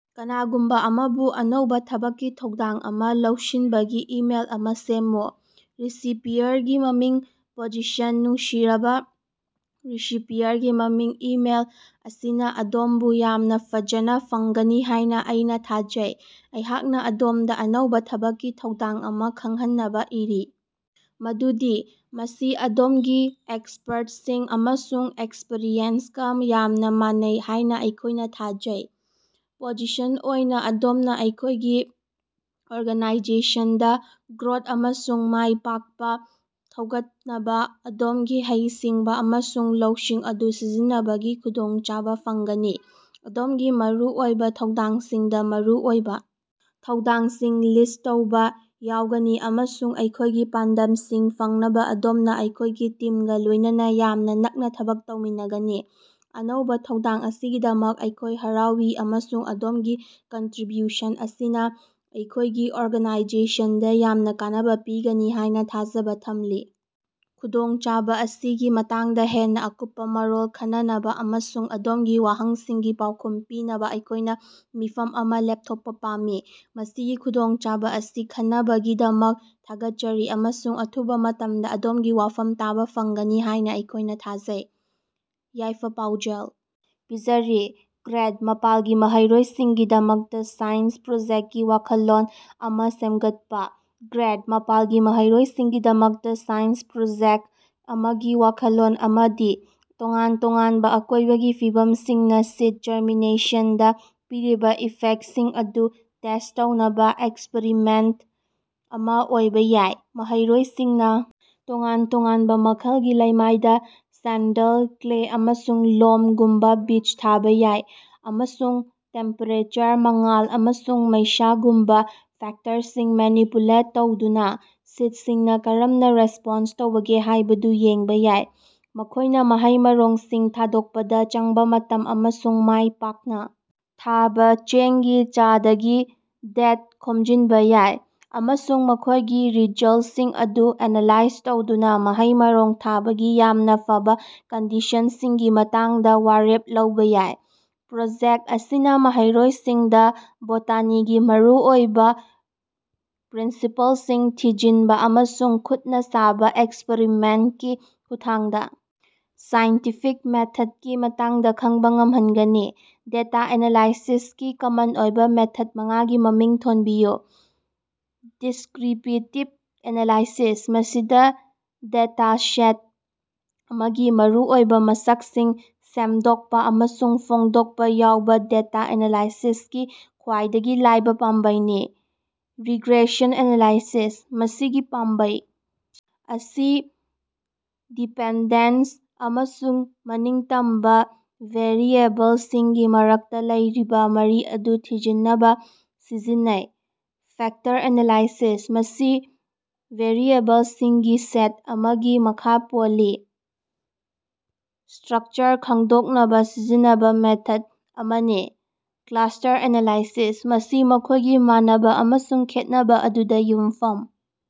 ꯀꯅꯥꯒꯨꯝꯕ ꯑꯃꯕꯨ ꯑꯅꯧꯕ ꯊꯕꯛꯀꯤ ꯊꯧꯗꯥꯡ ꯑꯃ ꯂꯧꯁꯤꯟꯕꯒꯤ ꯏꯃꯦꯜ ꯑꯃ ꯁꯦꯝꯃꯨ꯫ ꯔꯤꯁꯤꯄꯤꯌꯔꯒꯤ ꯃꯃꯤꯡ ꯄꯣꯖꯤꯁꯟ ꯅꯨꯡꯁꯤꯔꯕꯥ ꯔꯤꯁꯤꯄꯤꯌꯔꯒꯤ ꯃꯃꯤꯡ ꯏꯃꯦꯜ ꯑꯁꯤꯅ ꯑꯗꯣꯝꯕꯨ ꯌꯥꯝꯅ ꯐꯖꯅꯥ ꯐꯪꯒꯅꯤ ꯍꯥꯏꯅ ꯑꯩꯅ ꯊꯥꯖꯩ꯫ ꯑꯩꯍꯥꯛꯅ ꯑꯗꯣꯝꯗ ꯑꯅꯧꯕ ꯊꯕꯛꯀꯤ ꯊꯧꯗꯥꯡ ꯑꯃ ꯈꯪꯍꯟꯅꯕ ꯏꯔꯤ ꯃꯗꯨꯗꯤ ꯃꯁꯤ ꯑꯗꯣꯝꯒꯤ ꯑꯦꯛꯁꯄꯔꯠꯁꯤꯡ ꯑꯃꯁꯨꯡ ꯑꯦꯛꯁꯄꯔꯤꯌꯦꯟꯁꯀ ꯌꯥꯝꯅ ꯃꯥꯟꯅꯩ ꯍꯥꯏꯅ ꯑꯩꯈꯣꯏꯅ ꯊꯥꯖꯩ ꯫ ꯄꯣꯖꯤꯁꯟ ꯑꯣꯏꯅ ꯑꯗꯣꯝꯅ ꯑꯩꯈꯣꯏꯒꯤ ꯑꯣꯔꯒꯅꯥꯏꯖꯦꯁꯟꯗ ꯒ꯭ꯔꯣꯊ ꯑꯃꯁꯨꯡ ꯃꯥꯏꯄꯥꯛꯄ ꯊꯧꯒꯠꯅꯕ ꯑꯗꯣꯝꯒꯤ ꯍꯩꯁꯤꯡꯕ ꯑꯃꯁꯨꯡ ꯂꯧꯁꯤꯡ ꯑꯗꯨ ꯁꯤꯖꯤꯟꯅꯕꯒꯤ ꯈꯨꯗꯣꯡꯆꯥꯕ ꯐꯪꯒꯅꯤ꯫ ꯑꯗꯣꯝꯒꯤ ꯃꯔꯨꯑꯣꯏꯕ ꯊꯧꯗꯥꯡꯁꯤꯡꯗ ꯃꯔꯨꯑꯣꯏꯕ ꯊꯧꯗꯥꯡꯁꯤꯡ ꯂꯤꯁ꯭ꯠ ꯇꯧꯕꯥ ꯌꯥꯎꯒꯅꯤ ꯑꯃꯁꯨꯡ ꯑꯩꯈꯣꯒꯤ ꯄꯥꯟꯗꯝꯁꯤꯡ ꯐꯪꯅꯕ ꯑꯗꯣꯝꯅ ꯑꯩꯈꯣꯏꯒꯤ ꯇꯤꯝꯒ ꯂꯣꯏꯅꯅ ꯌꯥꯝꯅ ꯅꯛꯅ ꯊꯕꯛ ꯇꯧꯃꯤꯟꯅꯒꯅꯤ꯫ ꯑꯅꯧꯕ ꯊꯧꯗꯥꯡ ꯑꯁꯤꯒꯤꯗꯃꯛ ꯑꯩꯈꯣꯏ ꯍꯔꯥꯎꯏ ꯑꯃꯁꯨꯡ ꯑꯗꯣꯝꯒꯤ ꯀꯟꯇꯔꯤꯕ꯭ꯌꯨꯁꯟ ꯑꯁꯤꯅ ꯑꯩꯈꯣꯏꯒꯤ ꯑꯣꯔꯒꯅꯥꯏꯖꯦꯁꯟꯗ ꯌꯥꯝꯅ ꯀꯥꯟꯅꯕ ꯄꯤꯒꯅꯤ ꯍꯥꯏꯅ ꯊꯥꯖꯕ ꯊꯝꯂꯤ꯫ ꯈꯨꯗꯣꯡꯆꯥꯕ ꯑꯁꯤꯒꯤ ꯃꯇꯥꯡꯗ ꯍꯦꯟꯅ ꯑꯀꯨꯞꯄ ꯃꯔꯣꯜꯗ ꯈꯟꯅꯅꯕ ꯑꯃꯁꯨꯡ ꯑꯗꯣꯝꯒꯤ ꯋꯥꯍꯪꯁꯤꯡꯒꯤ ꯄꯥꯎꯈꯨꯝ ꯄꯤꯅꯕ ꯑꯩꯈꯣꯏꯅ ꯃꯤꯐꯝ ꯑꯃ ꯂꯦꯄꯊꯣꯛꯄ ꯄꯥꯝꯃꯤ꯫ ꯃꯁꯤꯒꯤ ꯈꯨꯗꯣꯡꯆꯥꯕ ꯑꯁꯤ ꯈꯟꯅꯕꯒꯤꯗꯃꯛ ꯊꯥꯒꯠꯆꯔꯤ, ꯑꯃꯁꯨꯡ ꯑꯊꯨꯕ ꯃꯇꯝꯗ ꯑꯗꯣꯝꯒꯤ ꯋꯥꯐꯝ ꯇꯥꯕ ꯐꯪꯒꯅꯤ ꯍꯥꯏꯅ ꯑꯩꯈꯣꯏꯅ ꯊꯥꯖꯩ꯫ ꯌꯥꯏꯐ-ꯄꯥꯎꯖꯦꯜ ꯄꯤꯖꯔꯤ, ꯒ꯭ꯔꯦꯗ ꯃꯥꯄꯜꯒꯤ ꯃꯍꯩꯔꯣꯏꯁꯤꯡꯒꯤꯗꯃꯛ ꯁꯥꯏꯟꯁ ꯄ꯭ꯔꯣꯖꯦꯛꯇꯀꯤ ꯋꯥꯈꯜꯂꯣꯟ ꯑꯃꯥ ꯁꯦꯝꯒꯠꯄꯥ꯫ ꯒ꯭ꯔꯦꯗ ꯃꯥꯄꯜꯒꯤ ꯃꯍꯩꯔꯣꯏꯁꯤꯡꯒꯤꯗꯃꯛꯇ ꯁꯥꯏꯟꯁ ꯄ꯭ꯔꯣꯖꯦꯛꯇ ꯑꯃꯒꯤ ꯋꯥꯈꯜꯂꯣꯟ ꯑꯃꯗꯤ ꯇꯣꯉꯥꯟ ꯇꯣꯉꯥꯟꯕ ꯑꯀꯣꯏꯕꯒꯤ ꯐꯤꯕꯝꯁꯤꯡꯅ ꯁꯤꯗ ꯖꯔꯃꯤꯅꯦꯁꯟꯗ ꯄꯤꯔꯤꯕ ꯏꯐꯦꯛꯇꯁꯤꯡ ꯑꯗꯨ ꯇꯦꯁ꯭ꯠ ꯇꯧꯅꯕ ꯑꯦꯛꯁꯄꯔꯤꯃꯦꯟꯇ ꯑꯃ ꯑꯣꯏꯕ ꯌꯥꯏ꯫ ꯃꯍꯩꯔꯣꯏꯁꯤꯡꯅ ꯇꯣꯉꯥꯟ-ꯇꯣꯉꯥꯟꯕ ꯃꯈꯜꯒꯤ ꯂꯩꯃꯥꯏꯗ ꯁꯦꯟꯗꯜ, ꯀ꯭ꯂꯦ, ꯑꯃꯁꯨꯡ ꯂꯣꯝꯒꯨꯝꯕꯥ ꯕꯤꯖ ꯊꯥꯕꯥ ꯌꯥꯏ ꯑꯃꯁꯨꯡ ꯇꯦꯝꯄꯦꯔꯦꯆꯔ, ꯃꯉꯥꯜ, ꯑꯃꯁꯨꯡ ꯃꯩꯁꯥꯒꯨꯝꯕ ꯐꯦꯛꯇꯔꯁꯤꯡ ꯃꯦꯅꯤꯄꯨꯂꯦꯠ ꯇꯧꯗꯨꯅ ꯁꯤꯗꯁꯤꯡꯅ ꯀꯔꯝꯅ ꯔꯦꯁ꯭ꯄꯣꯟꯁ ꯇꯧꯕꯒꯦ ꯍꯥꯏꯕꯗꯨ ꯌꯦꯡꯕ ꯌꯥꯏ꯫ ꯃꯈꯣꯏꯅ ꯃꯍꯩ-ꯃꯔꯣꯡꯁꯤꯡ ꯊꯥꯗꯣꯛꯄꯗ ꯆꯪꯕ ꯃꯇꯝ ꯑꯃꯁꯨꯡ ꯃꯥꯏ ꯄꯥꯛꯅ ꯊꯥꯕ ꯆꯦꯡꯒꯤ ꯆꯥꯗꯒꯤ ꯗꯦꯇ ꯈꯣꯝꯖꯤꯟꯕ ꯌꯥꯏ꯫ ꯑꯃꯁꯨꯡ ꯃꯈꯣꯏꯒꯤ ꯔꯤꯖꯜꯇꯁꯤꯡ ꯑꯗꯨ ꯑꯦꯅꯥꯂꯥꯏꯖ ꯇꯧꯗꯨꯅ ꯃꯍꯩ-ꯃꯔꯣꯡ ꯊꯥꯕꯒꯤ ꯌꯥꯝꯅ ꯐꯕ ꯀꯟꯗꯤꯁꯟꯁꯤꯡꯒꯤ ꯃꯇꯥꯡꯗ ꯋꯥꯔꯦꯞ ꯂꯧꯕ ꯌꯥꯏ꯫ ꯄ꯭ꯔꯣꯖꯦꯛꯇ ꯑꯁꯤꯅ ꯃꯍꯩꯔꯣꯏꯁꯤꯡꯗ ꯕꯣꯇꯥꯅꯤꯒꯤ ꯃꯔꯨꯑꯣꯏꯕ ꯄ꯭ꯔꯤꯟꯁꯤꯄꯜꯁꯤꯡ ꯊꯤꯖꯤꯟꯕ ꯑꯃꯁꯨꯡ ꯈꯨꯠꯅ ꯁꯥꯕ ꯑꯦꯛꯁꯄꯔꯤꯃꯦꯟꯇꯀꯤ ꯈꯨꯠꯊꯥꯡꯗ ꯁꯥꯏꯟꯇꯤꯐꯤꯛ ꯃꯦꯊꯗꯀꯤ ꯃꯇꯥꯡꯗ ꯈꯪꯕ ꯉꯝꯍꯟꯒꯅꯤ꯫ ꯗꯦꯇꯥ ꯑꯦꯅꯥꯂꯥꯏꯁꯤꯁꯀꯤ ꯀꯃꯟ ꯑꯣꯏꯕ ꯃꯦꯊꯗ ꯃꯉꯥꯒꯤ ꯃꯃꯤꯡ ꯊꯣꯟꯕꯤꯌꯨ꯫ ꯗꯤꯁ꯭ꯀꯔꯤꯄꯇꯤꯕ ꯑꯦꯅꯥꯂꯥꯏꯁꯤꯁ: ꯃꯁꯤ ꯗꯦꯇꯥꯁꯦꯠ ꯑꯃꯒꯤ ꯃꯔꯨꯑꯣꯏꯕ ꯃꯁꯛꯁꯤꯡ ꯁꯦꯝꯗꯣꯛꯄ ꯑꯃꯁꯨꯡ ꯐꯣꯡꯗꯣꯛꯄ ꯌꯥꯎꯕ ꯗꯦꯇꯥ ꯑꯦꯅꯥꯂꯥꯏꯁꯤꯁꯀꯤ ꯈ꯭ꯋꯥꯏꯗꯒꯤ ꯂꯥꯏꯕ ꯄꯥꯝꯕꯩꯅꯤ꯫ ꯔꯤꯒ꯭ꯔꯦꯁꯟ ꯑꯦꯅꯥꯂꯥꯏꯁꯤꯁ: ꯃꯁꯤꯒꯤ ꯄꯥꯝꯕꯩ ꯑꯁꯤ ꯗꯤꯄꯦꯟꯗꯦꯟꯇ ꯑꯃꯁꯨꯡ ꯃꯅꯤꯡꯇꯝꯕ ꯚꯦꯔꯤꯑꯦꯕꯜꯁꯤꯡꯒꯤ ꯃꯔꯛꯇ ꯂꯩꯔꯤꯕ ꯃꯔꯤ ꯑꯗꯨ ꯊꯤꯖꯤꯟꯅꯕ ꯁꯤꯖꯤꯟꯅꯩ꯫ ꯐꯦꯛꯇꯔ ꯑꯦꯅꯥꯂꯥꯏꯁꯤꯁ: ꯃꯁꯤ ꯚꯦꯔꯤꯑꯦꯕꯜꯁꯤꯡꯒꯤ ꯁꯦꯠ ꯑꯃꯒꯤ ꯃꯈꯥ ꯄꯣꯜꯂꯤꯕ ꯁ꯭ꯇꯔꯀꯆꯔ ꯈꯪꯗꯣꯛꯅꯕ ꯁꯤꯖꯤꯟꯅꯕ ꯃꯦꯊꯗ ꯑꯃꯅꯤ꯫ ꯀ꯭ꯂꯁ꯭ꯇꯔ ꯑꯦꯅꯥꯂꯥꯏꯁꯤꯁ: ꯃꯁꯤ ꯃꯈꯣꯏꯒꯤ ꯃꯥꯟꯅꯕ ꯑꯃꯁꯨꯡ ꯈꯦꯠꯅꯕ ꯑꯗꯨꯗ ꯌꯨꯝꯐꯝ